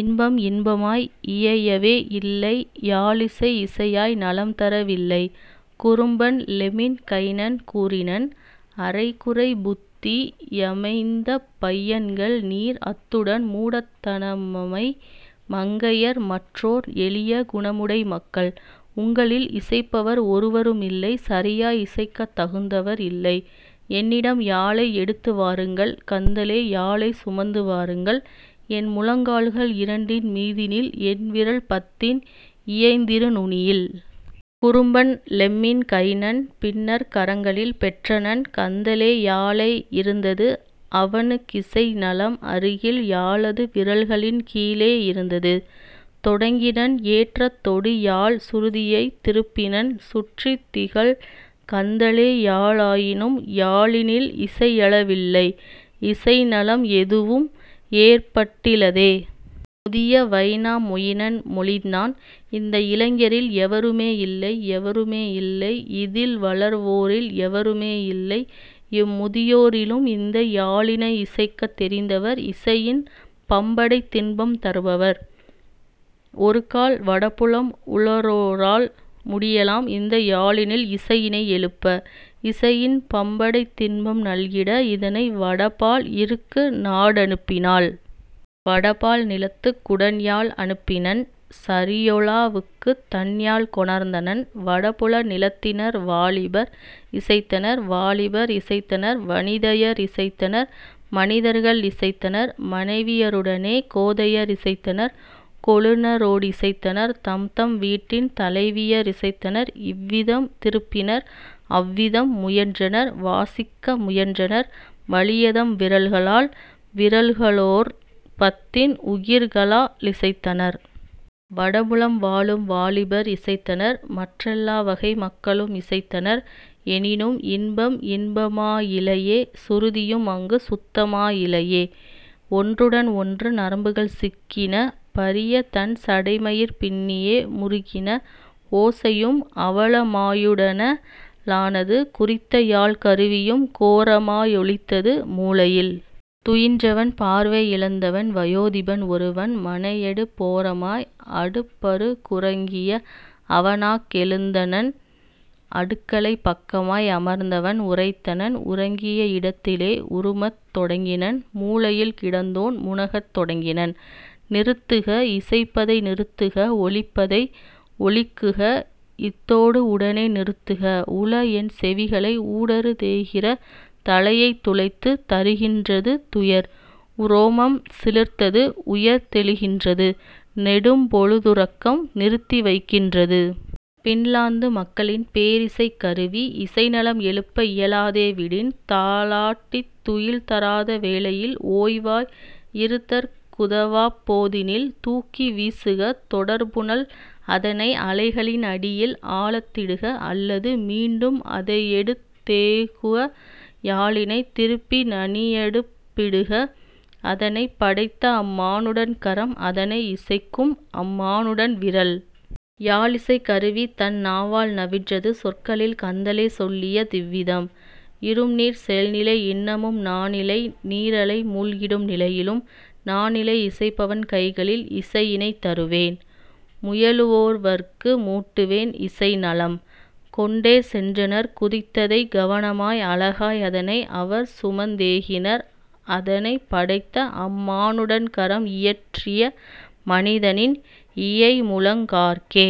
இன்பம் இன்பமாய் இயையவே யில்லை யாழிசை இசையாய் நலம்தர வில்லை. குறும்பன் லெம்மின் கைனன் கூறினன்: "அரைகுறைப் புத்தி யமைந்தபை யன்கள்நீர் அத்துடன் மூடத் தனமமை மங்கையர் மற்றயோர் எளிய குணமுடை மக்கள். உங்களில் இசைப்பவர் ஒருவரு மில்லை சரியாய் இசைக்கத் தகுந்தவர் இல்லை; என்னிடம் யாழை எடுத்துவா ருங்கள் கந்தலே யாழைச் சுமந்துவா ருங்கள் என்முழங் கால்கள் இரண்டின் மீதினில் என்விரல் பத்தின் இயைந்திரு நுனியில்! " குறும்பன் லெம்மின் கைனன் பின்னர் கரங்களில் பெற்றனன் கந்தலே யாழை இருந்தது அவனுக் கிசைநலம் அருகில் யாழது விரல்களின் கீழே இருந்தது; தொடங்கினன் ஏற்றத் தொடுயாழ்ச் சுருதியை திருப்பினன் சுற்றித் திகழ்கந் தலேயாழ் ஆயினும் யாழினில் இசையெழ வில்லை இசைநலம் எதுவும் ஏற்பட் டிலதே. முதிய வைனா மொயினன் மொழிந்தான்: "இந்த இளைஞரில் எவருமே இல்லை எவருமே இல்லை இதில்வளர் வோரில் எவருமே இல்லை இம்முதி யோரிலும் இந்த யாழினை இசைக்கத் தெரிந்தவர் இசையின் பம்படைத் தின்பம் தருபவர்; ஒருக்கால் வடபுலம் உளோரால் முடியலாம் இந்த யாழினில் இசையினை எழுப்ப இசையின் பம்படைத் தின்பம் நல்கிட இதனை வடபால் இருக்குநா டனுப்பினால்? " வடபால் நிலத்துக் குடன்யாழ் அனுப்பினன் சரியொலா வுக்குத் தன்யாழ் கொணர்ந்தனன் வடபுல நிலத்தினர் வாலிபர் இசைத்தனர் வாலிபர் இசைத்தனர் வனிதையர் இசைத்தனர் மனிதர்கள் இசைத்தனர் மனைவிய ருடனே கோதையர் இசைத்தனர் கொழுனரோ டிசைத்தனர் தம்தம் வீட்டின் தலைவியர் இசைத்தனர் இவ்விதம் திருப்பினர் அவ்விதம் முயன்றனர் வாசிக்க முயன்றனர் வலியதம் விரல்களால் விரல்களோர் பத்தின் உகிர்களா லிசைத்தனர். வடபுலம் வாழும் வாலிபர் இசைத்தனர் மற்றெல் லாவகை மக்களும் இசைத்தனர் எனினும் இன்பம் இன்பமா யிலையே சுருதியும் அங்கு சுத்தமா யிலையே: ஒன்றுடன் ஒன்று நரம்புகள் சிக்கின பரியதன் சடைமயிர் பின்னியே முறுகின ஓசையும் அவலமா யுடனெழ லானது குறித்தயாழ்க் கருவியும் கோரமா யொலித்தது. மூலையில் துயின்றனன் பார்வை யிழந்தவன் வயோதிபன் ஒருவன் மனையெடுப் போரமாய் அடுப்பரு குறங்கிய அவனாங் கெழுந்தனன் அடுக்களைப் பக்கமாய் அமர்ந்தவன் உரைத்தனன் உறங்கிய இடத்திலே உறுமத் தொடங்கினன் மூலையில் கிடந்தோன் முனகத் தொடங்கினன்: "நிறுத்துக இசைப்பதை நிறுத்துக ஒலிப்பதை, ஒழிக்குக, இத்தொடு உடனே நிறுத்துக, உளஎன் செவிகளை ஊடறுத் தேகிற தலையைத் துளைத்துத் தருகின் றதுதுயர் உரோமம் சிலிர்த்து உயர்ந்தெழு கின்றது நெடும்பொழு துறக்கம் நிறுத்திவைக் கின்றது. பின்லாந்து மக்களின் பேரிசைக் கருவி இசைநலம் எழுப்ப இயலாதே விடின் தாலாட் டித்துயில் தராத வேளையில் ஓய்வாய் இருத்தற் குதவாப் போதினில் தூக்கி வீசுக தொடர்புனல் அதனை அலைகளின் அடியில் ஆழத் திடுக அல்லது மீண்டும் அதையெடுத் தேகுக யாழினைத் திருப்பி நனியனுப் பிடுக அதனைப் படைத்த அம்மா னுடன்கரம் அதனை இசைக்கும் அம்மா னுடன்விரல். " யாழிசைக் கருவிதன் நாவால் நவின்றது சொற்களில் கந்தலே சொல்லிய திவ்விதம்: "இரும்நீர் செல்நிலை இன்னமும் நானிலை நீரலை மூழ்கிடும் நிலையிலும் நானிலை இசைப்பவன் கைகளில் இசையினைத் தருவேன் முயலொரு வற்கு மூட்டுவேன் இசைநலம். " கொண்டே சென்றனர் குறித்ததைக் கவனமாய் அழகாய் அதனை அவர்சுமந் தேகினர் அதனைப் படைத்த அம்மா னுடன்கரம் இயற்றிய மனிதனின் இயைமுழங் காற்கே.